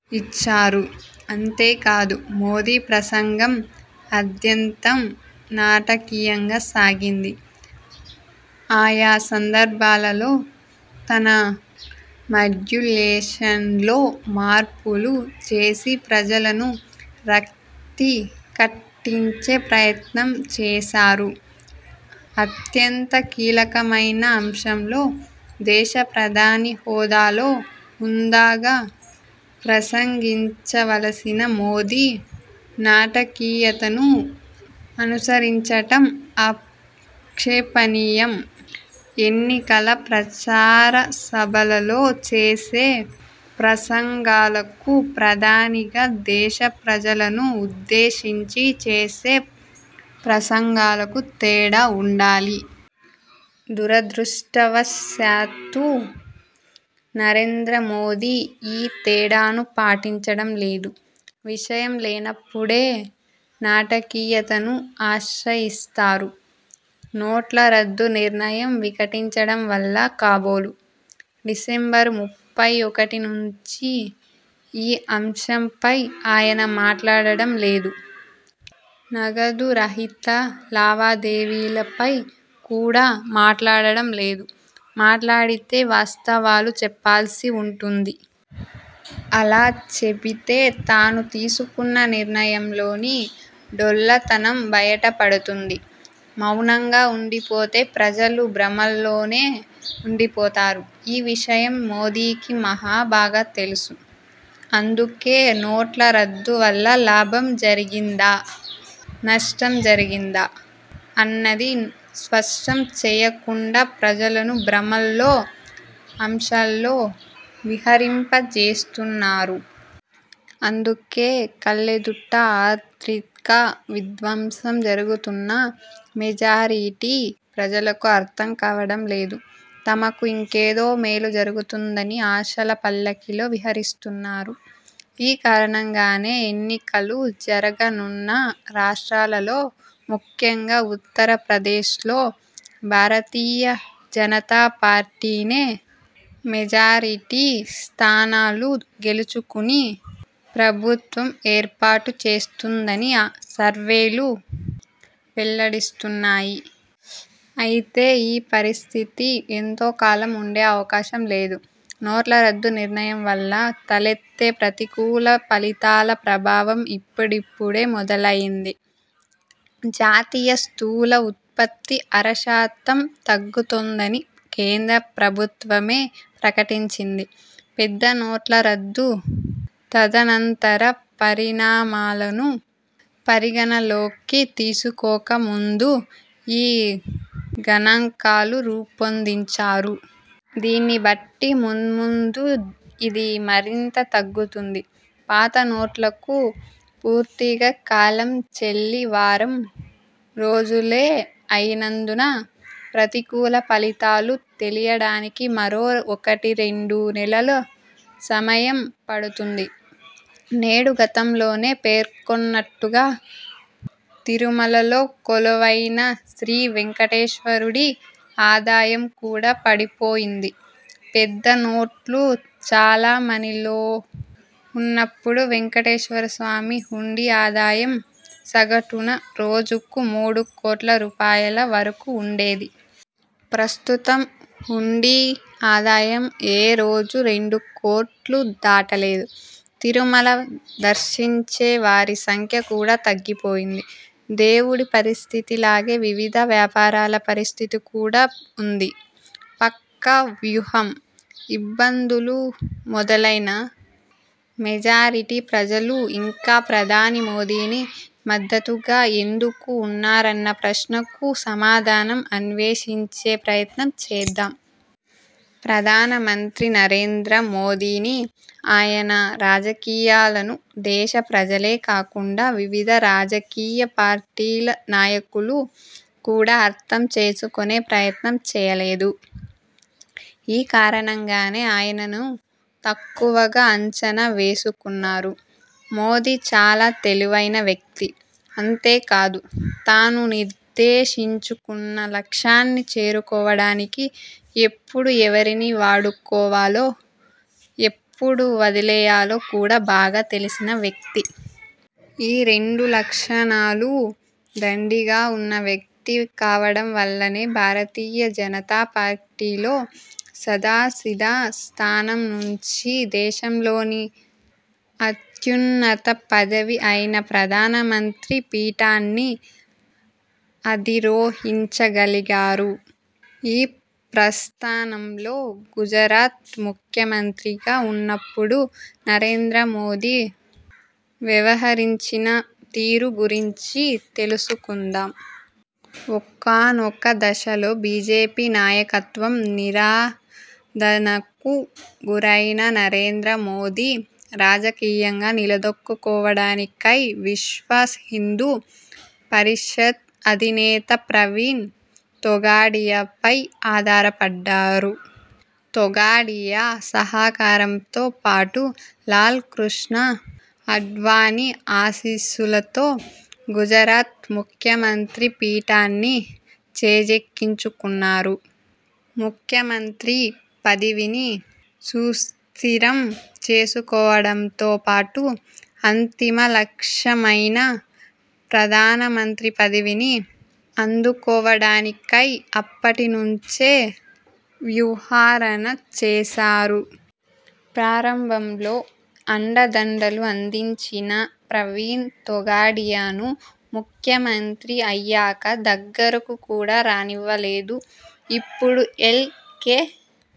ఇచ్చారు. అంతే కాదు.. మోదీ ప్రసంగం ఆద్యంతం నాటకీయంగా సాగింది. ఆయా సందర్భాలలో తన మాడ్యులేషన్లో మార్పులు చేసి ప్రజలను రక్తి కట్టించే ప్రయత్నంచేశారు. అత్యంత కీలకమైన అంశంలో దేశ ప్రధాని హోదాలో హుందాగా ప్రసంగించవలసిన మోదీ నాటకీయతను అనుసరించడం ఆక్షేపణీయం. ఎన్నికల ప్రచార సభలలో చేసే ప్రసంగాలకు, ప్రధానిగా దేశ ప్రజలను ఉద్దేశించి చేసే ప్రసంగాలకు తేడా ఉండాలి. దురదృష్టవశాత్తూ నరేంద్ర మోదీ ఈ తేడాను పాటించడం లేదు. విషయం లేనప్పుడే నాటకీయతను ఆశ్రయిస్తారు. నోట్ల రద్దు నిర్ణయం వికటించడం వల్ల కాబోలు, డిసెంబరు ముప్పై ఒకటి నుంచి ఈ అంశంపై ఆయన మాట్లాడటం లేదు. నగదురహిత లావాదేవీల పై కూడా మాట్లాడటం లేదు. మాట్లాడితే వాస్తవాలు చెప్పాల్సి ఉంటుంది. అలా చెబితే తాను తీసుకున్న నిర్ణయంలోని డొల్లతనం బయట పడుతుంది. మౌనంగా ఉండిపోతే ప్రజలు భ్రమల్లోనే ఉండిపోతారు. ఈ విషయం మోదీకి మహ బాగా తెలుసు. అందుకే నోట్ల రద్దు వల్ల లాభం జరిగిందా? నష్టం జరిగిందా? అన్నది స్పష్టం చేయకుండా ప్రజలను భ్రమల్లో, ఆశల్లో విహరింపజేస్తున్నారు. అందుకే కళ్లెదుట ఆర్థిక విధ్వంసం జరుగుతున్నా మెజారిటీ ప్రజలకు అర్థం కావడం లేదు. తమకు ఇంకేదో మేలు జరుగుతుందని ఆశల పల్లకిలో విహరిస్తున్నారు. ఈ కారణంగానే ఎన్నికలు జరగనున్న రాష్ట్రాలలో, ముఖ్యంగా ఉత్తరప్రదేశ్లో భారతీయ జనతా పార్టీనే మెజారిటీ స్థానాలు గెలుచుకుని ప్రభుత్వం ఏర్పాటుచేస్తుందని సర్వేలు వెల్లడిస్తున్నాయి. అయితే ఈ పరిస్థితి ఎంతో కాలం ఉండే అవకాశం లేదు. నోట్ల రద్దు నిర్ణయం వల్ల తలెత్తే ప్రతికూల ఫలితాల ప్రభావం ఇప్పుడిప్పుడే మొదలయ్యింది. జాతీయ స్థూల ఉత్పత్తి అర శాతం తగ్గుతోందని కేంద్ర ప్రభుత్వమే ప్రకటించింది. పెద్దనోట్ల రద్దు తదనంతర పరిణామాలను పరిగణనలోకి తీసుకోక ముందు ఈ గణాంకాలు రూపొందించారు. దీన్ని బట్టి మున్ముందు ఇది మరింత తగ్గుతుంది. పాత నోట్లకు పూర్తిగా కాలం చెల్లి వారం రోజులే అయినందున ప్రతికూల ఫలితాలు తెలియడానికి మరో ఒకటి రెండు నెలల సమయం పడుతుంది. నేను గతంలోనే పేర్కొన్నట్టుగా తిరుమలలో కొలువైన శ్రీవేంకటేశ్వరుడి ఆదాయం కూడా పడిపోయింది. పెద్ద నోట్లు చలామణిలో ఉన్నప్పుడు వేంకటేశ్వరస్వామి హుండీ ఆదాయం సగటున రోజుకు మూడు కోట్ల రూపాయల వరకు ఉండేది. ప్రస్తుతం హుండీ ఆదాయం ఏ రోజూ రెండు కోట్లు దాటలేదు. తిరుమల సందర్శించే వారి సంఖ్య కూడా తగ్గిపోయింది. దేవుడి పరిస్థితి లాగే వివిధ వ్యాపారాల పరిస్థితి కూడా ఉంది. పక్కా వ్యూహం! ఇబ్బందులు మొదలైనా మెజారిటీ ప్రజలు ఇంకా ప్రధాని మోదీకి మద్దతుగా ఎందుకు ఉన్నారన్న ప్రశ్నకు సమాధానం అన్వేషించే ప్రయత్నం చేద్దాం. ప్రధానమంత్రి నరేంద్ర మోదీని, ఆయన రాజకీయాలను దేశ ప్రజలే కాకుండా వివిధ రాజకీయ పార్టీల నాయకులు కూడా అర్థం చేసుకునే ప్రయత్నం చేయలేదు. ఈ కారణంగానే ఆయనను తక్కువగా అంచనా వేసుకున్నారు. మోదీ చాలా తెలివైన వ్యక్తి. అంతేకాదు తాను నిర్దేశించుకున్న లక్ష్యాన్ని చేరుకోవడానికి ఎప్పుడు ఎవరిని వాడుకోవాలో, ఎప్పుడు వదిలేయాలో కూడా బాగా తెలిసిన వ్యక్తి. ఈ రెండు లక్షణాలూ దండిగా ఉన్న వ్యక్తి కావడం వల్లనే భారతీయ జనతా పార్టీలో సాదా సీదా స్థానం నుంచి దేశంలోని అత్యున్నత పదవి అయిన ప్రధాన మంత్రి పీఠాన్ని అధిరోహించగలిగారు. ఈ ప్రస్థానంలో గుజరాత్ ముఖ్యమంత్రిగా ఉన్నప్పుడు నరేంద్ర మోదీ వ్యవహరించిన తీరు గురించి తెలుసుకుందాం. ఒక్కానొక దశలో బీజేపీ నాయకత్వం నిరాదరణకు గురైన నరేంద్ర మోదీ రాజకీయంగా నిలదొక్కుకోవడానికై విశ్వ హిందూ పరిషత్ అధినేత ప్రవీణ్ తొగాడియా పై ఆధారపడ్డారు. తొగాడియా సహకారంతో పాటు లాల్ కృష్ణ ఆడ్వాణీ ఆశీస్సులతో గుజరాత్ ముఖ్యమంత్రి పీఠాన్ని చేజిక్కించుకున్నారు. ముఖ్యమంత్రి పదవిని సుస్థిరం చేసుకోవడంతో పాటు అంతిమ లక్ష్యమైన ప్రధానమంత్రి పదవిని అందుకోవడానికై అప్పటి నుంచే వ్యూహరన చేశారు. ప్రారంభంలో అండదండలు అందించిన ప్రవీణ్ తొగాడియాను ముఖ్యమంత్రి అయ్యాక దగ్గరకు కూడా రానివ్వలేదు. ఇప్పుడు ఎల్. కె.